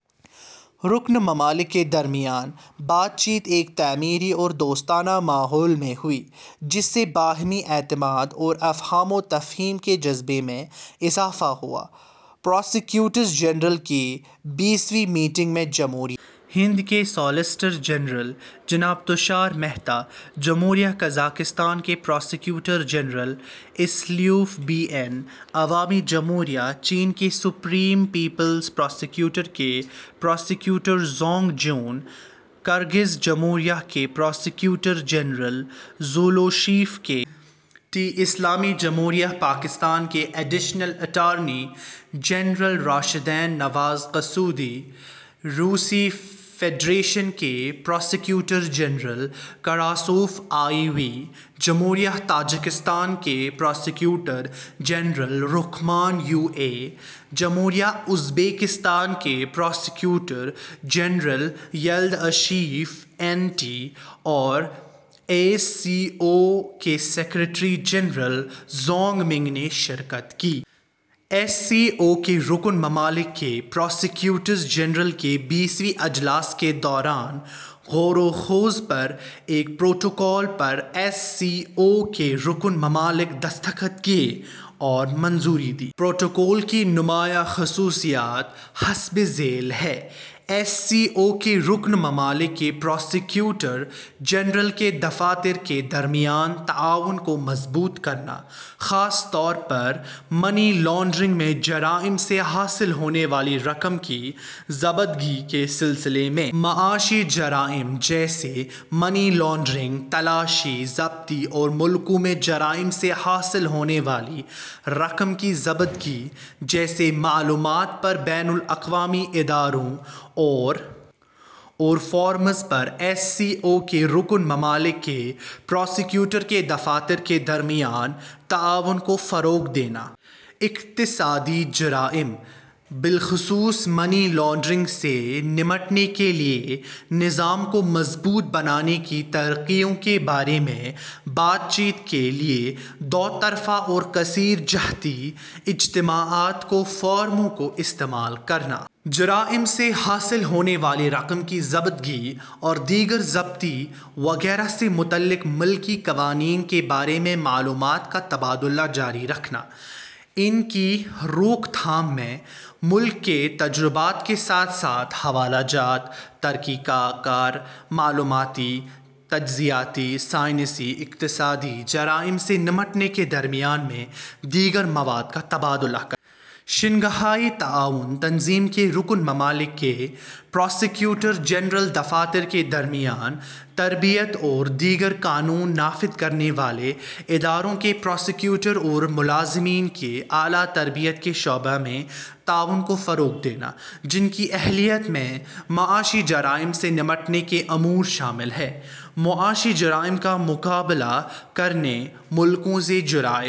رکن ممالک کے درمیان بات چیت ایک تعمیری اور دوستانہ ماحول میں ہوئی، جس سے باہمی اعتماد اور افہام و تفہیم کے جذبے میں اضافہ ہوا۔ پراسیکیوٹرز جنرل کی بیسویں میٹنگ میں جمہوریۂ ہند کے سالیسیٹر جنرل جناب تشار مہتا، جمہوریہ قزاقستان کے prosecutor general Asylov B N, عوامی جمہوریہ چین کے سپریم پیپلز پراسیکیوٹر کے پراسیکیوٹر ژانگ جون، کرغز جمہوریہ کے prosecutor general Zulushev K T, اسلامی جمہوریۂ پاکستان کے additional attorney general Rashdeen Nawaz Kasuri, روسی فیڈریشن کے prosecutor general Krasnov I V, جمہوریۂ تاجکستان کے prosecutor general Rakhmon U A, جمہوریۂ ازبیکستان کے prosecutor general Yuldashev N T اور ایس سی او کے سیکرٹری جنرل ژانگ منگ نے شرکت کی۔ ایس سی او کے رکن ممالک کے پراسیکیوٹرز جنرل کے بیسویں اجلاس کے دوران غور و خوض پر ایک پروٹوکول پر ایس سی او کے رکن ممالک نے دستخط کیے اور منظوری دی۔ پروٹوکول کی نمایاں خصوصیات حسب ذیل ہیں: ایس سی او کے رکن ممالک کے پراسیکیوٹر جنرل کے دفاتر کے درمیان تعاون کو مضبوط کرنا، خاص طور پر منی لانڈرنگ میں جرائم سے حاصل ہونے والی رقم کی ضبطگی کے سلسلے میں۔ معاشی جرائم جیسے منی لانڈرنگ، تلاشی، ضبطی اور ملکوں میں جرائم سے حاصل ہونے والی رقم کی ضبطگی جیسے معاملات پر بین الاقوامی اداروں اور فورمز پر ایس سی او کے رکن ممالک کے پراسیکیوٹر کے دفاتر کے درمیان تعاون کو فروغ دینا۔ اقتصادی جرائم، بالخصوص منی لانڈرنگ سے نمٹنے کے لیے نظام کو مضبوط بنانے کے طریقوں کے بارے میں بات چیت کے لیے دو طرفہ اور کثیر جہتی اجتماعات کے فورموں کو استعمال کرنا۔ جرائم سے حاصل ہونے والی رقم کی ضبطگی اور دیگر ضبطی وغیرہ سے متعلق ملکی قوانین کے بارے میں معلومات کا تبادلہ جاری رکھنا۔ ان کی روک تھام میں ملک کے تجربات کے ساتھ ساتھ حوالہ جات، طریقہ کار، معلوماتی، تجزیاتی، سائنسی اور اقتصادی جرائم سے نمٹنے کے میدان میں دیگر مواد کا تبادلہ کرنا۔ شنگھائی تعاون تنظیم کے رکن ممالک کے پراسیکیوٹرز جنرل دفاتر کے درمیان تربیت اور دیگر قانون نافذ کرنے والے اداروں کے پراسیکیوٹرز اور ملازمین کی اعلیٰ تربیت کے شعبے میں تعاون کو فروغ دینا، جن کی اہلیت میں معاشی جرائم سے نمٹنے کے امور شامل ہیں۔ معاشی جرائم کا مقابلہ کرنے، ملکوں سے جرائم